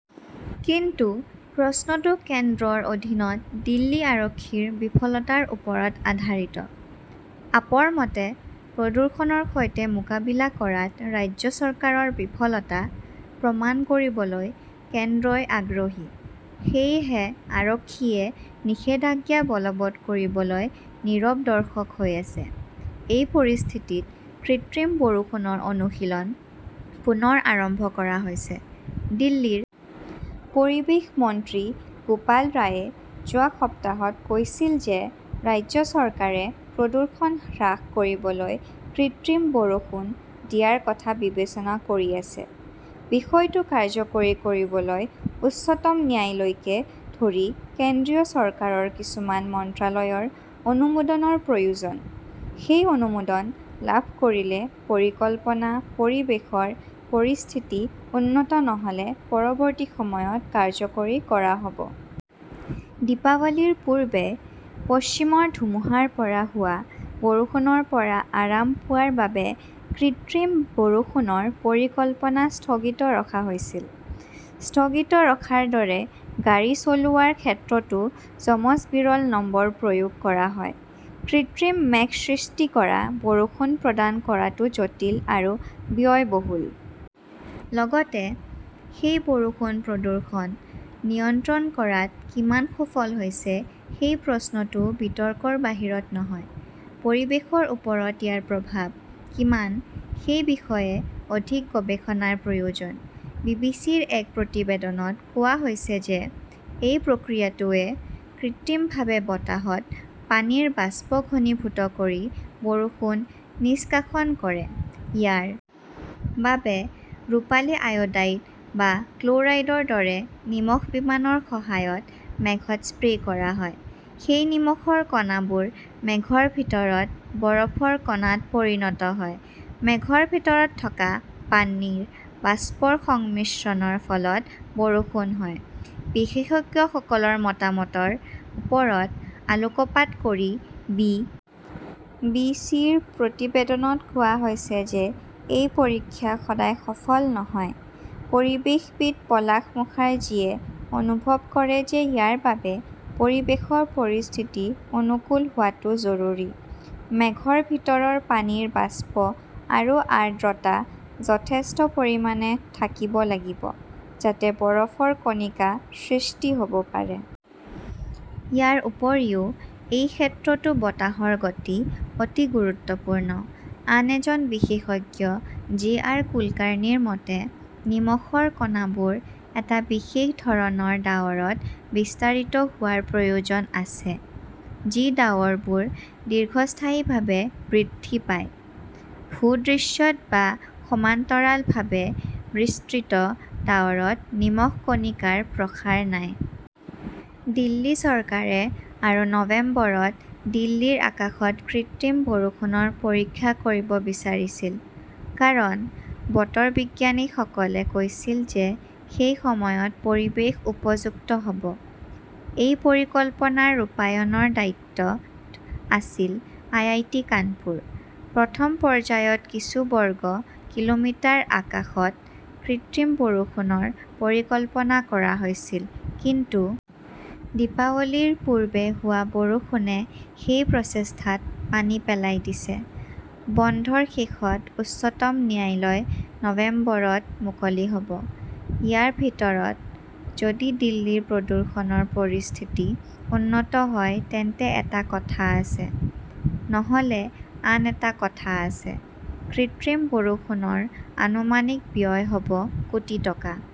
কিন্তু প্ৰশ্নটো কেন্দ্ৰৰ অধীনত দিল্লী আৰক্ষীৰ 'বিফলতা'ৰ ওপৰত আধাৰিত। আপৰ মতে, প্ৰদূষণৰ সৈতে মোকাবিলা কৰাত ৰাজ্য চৰকাৰৰ "বিফলতা" প্ৰমাণ কৰিবলৈ কেন্দ্ৰই আগ্ৰহী। সেয়েহে আৰক্ষীয়ে নিষেধাজ্ঞা বলৱৎ কৰিবলৈ নীৰৱ দৰ্শক হৈ আছে। এই পৰিস্থিতিত কৃত্ৰিম বৰষুণৰ অনুশীলন পুনৰ আৰম্ভ কৰা হৈছে। দিল্লীৰ পৰিৱেশ মন্ত্ৰী গোপাল ৰায়ে যোৱা সপ্তাহত কৈছিল যে ৰাজ্য চৰকাৰে প্ৰদূষণ হ্ৰাস কৰিবলৈ কৃত্ৰিম বৰষুণ দিয়াৰ কথা বিবেচনা কৰি আছে। বিষয়টো কাৰ্যকৰী কৰিবলৈ উচ্চতম ন্যায়ালয়কে ধৰি কেন্দ্ৰীয় চৰকাৰৰ কিছুমান মন্ত্ৰালয়ৰ অনুমোদনৰ প্ৰয়োজন। সেই অনুমোদন লাভ কৰিলে পৰিকল্পনা, পৰিৱেশৰ পৰিস্থিতি উন্নত নহ'লে পৰৱৰ্তী সময়ত কাৰ্যকৰী কৰা হ'ব। দীপাৱলীৰ পূৰ্বে পশ্চিমৰ ধুমুহাৰ পৰা হোৱা বৰষুণৰ পৰা আৰাম পোৱাৰ বাবে কৃত্ৰিম বৰষুণৰ পৰিকল্পনা স্থগিত ৰখা হৈছিল। স্থগিত ৰখাৰ দৰে গাড়ী চলোৱাৰ ক্ষেত্ৰতো যমজ-বিৰল নম্বৰ প্ৰয়োগ কৰা হয়। কৃত্ৰিম মেঘ সৃষ্টি কৰি বৰষুণ প্ৰদান কৰাটো জটিল আৰু ব্যয়বহুল। লগতে সেই বৰষুণ প্ৰদূষণ নিয়ন্ত্ৰণ কৰাত কিমান সফল হৈছে সেই প্ৰশ্নটোও বিতৰ্কৰ বাহিৰত নহয়। পৰিৱেশৰ ওপৰত ইয়াৰ প্ৰভাৱ কিমান সেই বিষয়ে অধিক গৱেষণাৰ প্ৰয়োজন। বি. বি. চি. -ৰ এক প্ৰতিবেদনত কোৱা হৈছে যে এই প্ৰক্ৰিয়াটোৱে কৃত্ৰিমভাৱে বতাহত পানীৰ বাষ্প ঘনীভূত কৰি বৰষুণ নিষ্কাশন কৰে। ইয়াৰ বাবে ৰূপালী আয়োডাইড বা ক্ল'ৰাইডৰ দৰে নিমখ বিমানৰ সহায়ত মেঘত স্প্ৰে কৰা হয়। সেই নিমখৰ কণাবোৰ মেঘৰ ভিতৰত বৰফৰ কণাত পৰিণত হয়। মেঘৰ ভিতৰত থকা পানীৰ বাষ্পৰ সংমিশ্ৰণৰ ফলত বৰষুণ হয়। বিশেষজ্ঞসকলৰ মতামতৰ ওপৰত আলোকপাত কৰি বি. বি. চি. -ৰ প্ৰতিবেদনত কোৱা হৈছে যে এই পৰীক্ষা সদায় সফল নহয়। পৰিৱেশবিদ পলাশ মুখাৰ্জীয়ে অনুভৱ কৰে যে ইয়াৰ বাবে পৰিৱেশৰ পৰিস্থিতি অনুকূল হোৱাটো জৰুৰী। মেঘৰ ভিতৰৰ পানীৰ বাষ্প আৰু আৰ্দ্ৰতা যথেষ্ট পৰিমাণে থাকিব লাগিব, যাতে বৰফৰ কণিকা সৃষ্টি হ'ব পাৰে। ইয়াৰ উপৰিও এই ক্ষেত্ৰতো বতাহৰ গতি অতি গুৰুত্বপূৰ্ণ। আন এজন বিশেষজ্ঞ জে. আৰ. কুলকাৰ্ণীৰ মতে, নিমখৰ কণাবোৰ এটা বিশেষ ধৰণৰ ডাৱৰত বিস্তাৰিত হোৱাৰ প্ৰয়োজন আছে, যি ডাৱৰবোৰ দীৰ্ঘস্থায়ীভাৱে বৃদ্ধি পায়। ভূ-দৃশ্যত বা সমান্তৰালভাৱে বিস্তৃত ডাৱৰত নিমখ কণিকাৰ প্ৰসাৰ নাই। দিল্লী চৰকাৰে আৰু নৱেম্বৰত দিল্লীৰ আকাশত কৃত্ৰিম বৰষুণৰ পৰীক্ষা কৰিব বিচাৰিছিল। কাৰণ, বতৰ বিজ্ঞানীসকলে কৈছিল যে সেই সময়ত পৰিৱেশ উপযুক্ত হ'ব। এই পৰিকল্পনাৰ ৰূপায়ণৰ দায়িত্বত আছিল আইআইটি কানপুৰ। প্ৰথম পৰ্যায়ত কিছু বৰ্গ কিলোমিটাৰ আকাশত কৃত্ৰিম বৰষুণৰ পৰিকল্পনা কৰা হৈছিল। কিন্তু দীপাৱলীৰ পূৰ্বে হোৱা বৰষুণে সেই প্ৰচেষ্টাত পানী পেলাই দিছে। বন্ধৰ শেষত উচ্চতম ন্যায়ালয় নৱেম্বৰত মুকলি হ'ব। ইয়াৰ ভিতৰত, যদি দিল্লীৰ প্ৰদূষণৰ পৰিস্থিতি উন্নত হয় তেন্তে এটা কথা আছে, নহ'লে আন এটা কথা আছে। কৃত্ৰিম বৰষুণৰ আনুমানিক ব্যয় হ'ব কোটি টকা।